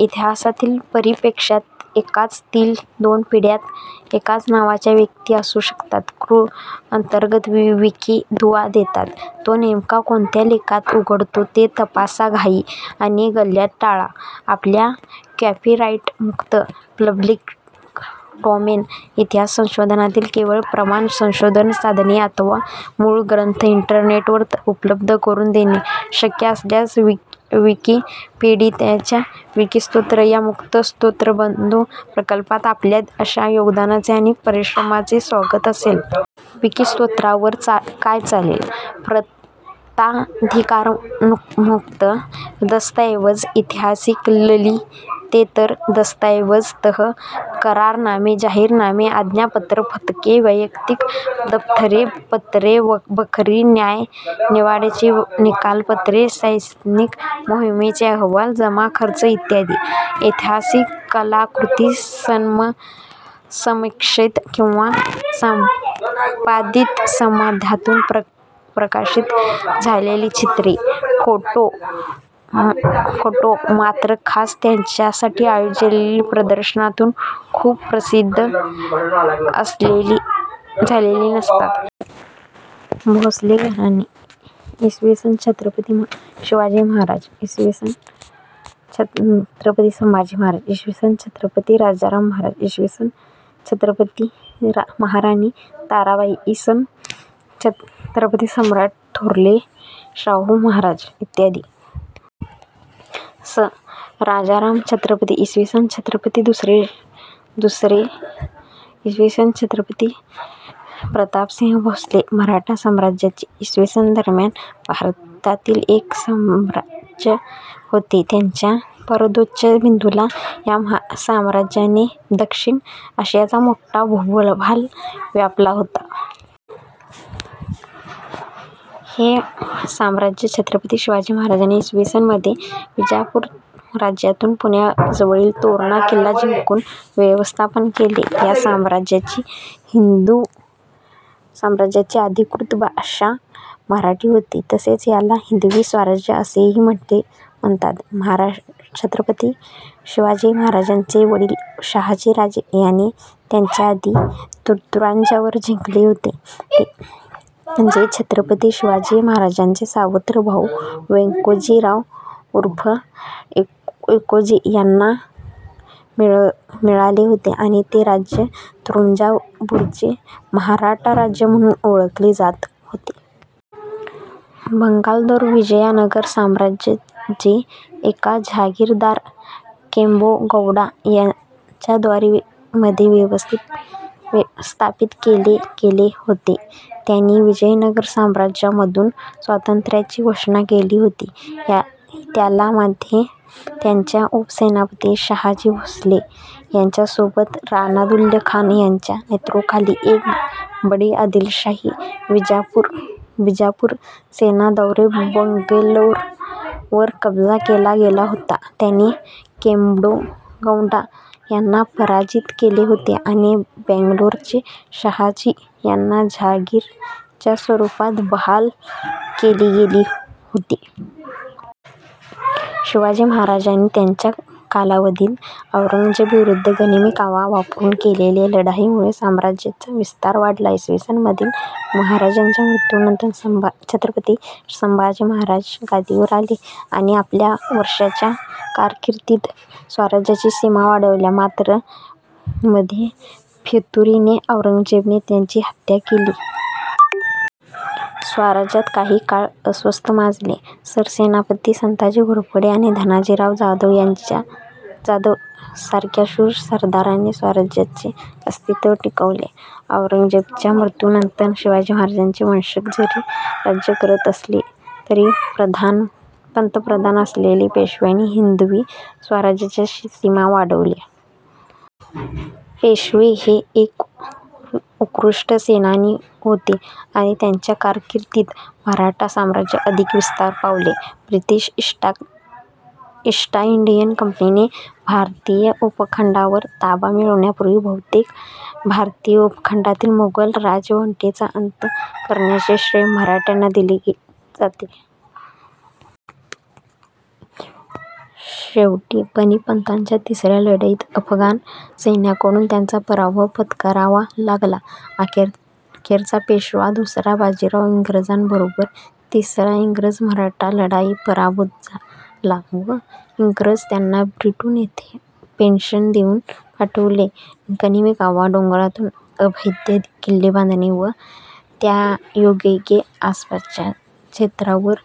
ऐतिहासिक परिपेक्षात एकाच तील दोन पिढ्यात एकाच नावाच्या व्यक्ती असु शकतात. कृ. अंतर्गत विकिदुवा देताना, तो नेमका कोणत्या लेखात उघडतो ते तपासा; घाई आणि गल्लत टाळा. आपल्याला कॉपीराइटमुक्त पब्लीक डॉमेन इतिहास संशोधनातील केवळ प्रमाण संशोधन साधने अथवा मूळ ग्रंथ इंटरनेटवर उपलब्ध करून देणे शक्य असल्यास विकिपीडियाच्या विकिस्रोत या मुक्तस्रोत बन्धू प्रकल्पात आपल्या अशा योगदानाचे आणि परिश्रमाचे स्वागत असेल. विकिस्रोतावर काय चालेल? प्रताधिकारमुक्त दस्तऐवज ऐतिहासिक ललितेतर दस्तऐवज तह/करारनामे, जाहीरनामे, आज्ञापत्रे, फतवे, वैयक्तिक दप्तरे/पत्रे, बखरी, न्यायनिवाड्याची निकालपत्रे, सैनिकी मोहिमांचे अहवाल/जमाखर्च इत्यादी. ऐतिहासिक कलाकॄती समसमीक्षित किंवा संपादित माध्यमांतून प्रकाशित झालेली चित्रे/फोटो; मात्र खास त्यांच्यासाठी आयोजलेल्या प्रदर्शनांतून प्रसिद्ध झालेली नसावीत. भोसले घराणे इ. स.: छत्रपती शिवाजी महाराज इ. स.: छत्रपती संभाजी महाराज इ. स.: छत्रपती राजाराम महाराज इ. स.: छत्रपती महाराणी ताराबाई इ. स.: छत्रपती सम्राट थोरले शाहू महाराज इ. स.: रामराजे छत्रपती इ. स.: छत्रपती शाहू दुसरे इ. स.: छत्रपती प्रतापसिंह भोसले मराठा साम्राज्य इ. स. दरम्यान भारतातील एक साम्राज्य होते. याच्या परमोच्च बिंदूला या साम्राज्याने दक्षिण आशियाचा मोठा भूभाग व्यापला होता. हे साम्राज्य छत्रपती शिवाजी महाराजांनी इ. स. मध्ये विजापूर राज्यातून पुण्याजवळील तोरणा किल्ला जिंकून स्थापन केले. या साम्राज्याची अधिकृत भाषा मराठी होती, तसेच याला हिंदवी स्वराज्य असेही म्हणतात. छत्रपती शिवाजी महाराजांचे वडील शहाजी राजे यांनी त्याआधी तंजावुर जिंकले होते, जे छत्रपती शिवाजी महाराजांचे सावत्र भाऊ, व्यंकोजी राव उर्फ एकोजी यांना मिळाले होते आणि ते राज्य, तंजावुरचे मराठा राज्य म्हणून ओळखले जात होते. बंगलोर विजयनगर साम्राज्य जे एक जहागिरदार, केम्पे गौड़ा यांचेद्वारे मध्ये स्थापित केले गेले होते, त्यांनी विजयनगर साम्राज्यामधून स्वातंत्र्याची घोषणा केली होती, त्याला मध्ये त्यांच्या उपसेनापती, शाहजी भोसले यांच्यासोबत रानादुल्ला खान यांच्या नेतृत्वाखाली एक बड़ी आदिलशाही बीजापुर सेना द्वारे बेंगलोरवर कब्जा केला गेला होता, ज्यांनी केंम्पे गौड़ा यांना पराजित केले होते आणि बेंगलोरचे शाहजी यांना जहागिर च्या स्वरूपात बहाल केली गेली होती. शिवाजी महाराजांनी त्यांच्या कालावधीत औरंगजेबाविरूद्ध गनिमी कावा वापरून केलेल्या लढायांमुळे साम्राज्याचा विस्तार वाढला. इ. स. मधील महाराजांच्या मृत्यूनंतर छत्रपती संभाजी महाराज गादीवर आले आणि आपल्या वर्षाच्या कारकिर्दीत स्वराज्याच्या सीमा वाढवल्या, मात्र मध्ये फितुरीने औरंगजेबाने त्यांची हत्त्या केली. स्वराज्यात काही काळ अस्थैर्य माजले, सरसेनापती संताजी घोरपडे आणि धनाजीराव जाधव सारख्या शूर सरदारांनी स्वराज्याचे अस्तित्त्व टिकवले. औरंगजेबाच्या मृत्यूनंतर शिवाजी महाराजांचे वंशज जरी राज्य करत असले तरी पंतप्रधान असलेल्या पेशव्यांनी हिंदवी स्वराज्याच्या सिमा वाढविल्या. पेशवे हे एक उत्कृष्ट सेनानी होते आणि त्यांच्या कारकिर्दीत मराठा साम्राज्य अधिक विस्तार पावले. ब्रिटिश ईस्ट इंडिया कंपनीने भारतीय उपखंडावर ताबा मिळवण्यापूर्वी बहुतेक भारतीय उपखंडातील मुघल राजवटीचा अंत करण्याचे श्रेय मराठ्यांना दिले जाते. शेवटी पानिपतच्या तिसऱ्या लढाईत अफगाण सैन्याकडून त्यांना पराभव पत्करावा लागला. अखेरचा पेशवा दुसरा बाजीराव इंग्रजांबरोबर, तिसऱ्या इंग्रज-मराठा लढाईत पराभूत झाला व इंग्रज त्यांना बिठूर येथे पेन्शन देऊन पाठवले. गनिमी कावा, डोंगरांतून अभेद्य किल्ले बांधणे व त्यायोगे आसपासच्या क्षेत्रावर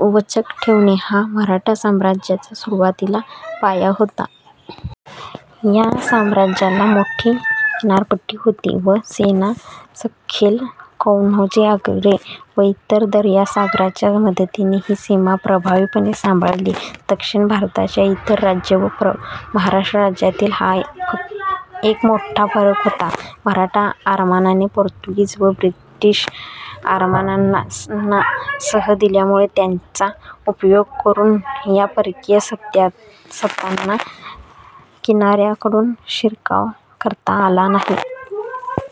वचक ठेवणे हा मराठा साम्राज्याचा सुरुवातीला पाया होता. या साम्राज्याला मोठी किनारपट्टी होती व सेनासरखेल कान्होजी आंग्रे व इतर दर्यासारंगांच्या मदतीने ही सीमा प्रभावीपणे सांभाळली. दक्षिण भारताच्या इतर राज्ये व मराठा साम्राज्यातील हा एक मोठा फरक होता. मराठा आरमाराने पोर्तुगीज व ब्रिटिश आरमारांना शह दिल्यामुळे त्यांचा उपयोग करून या परकीय सत्तांना किनाऱ्यांकडून शिरकाव करता आला नाही.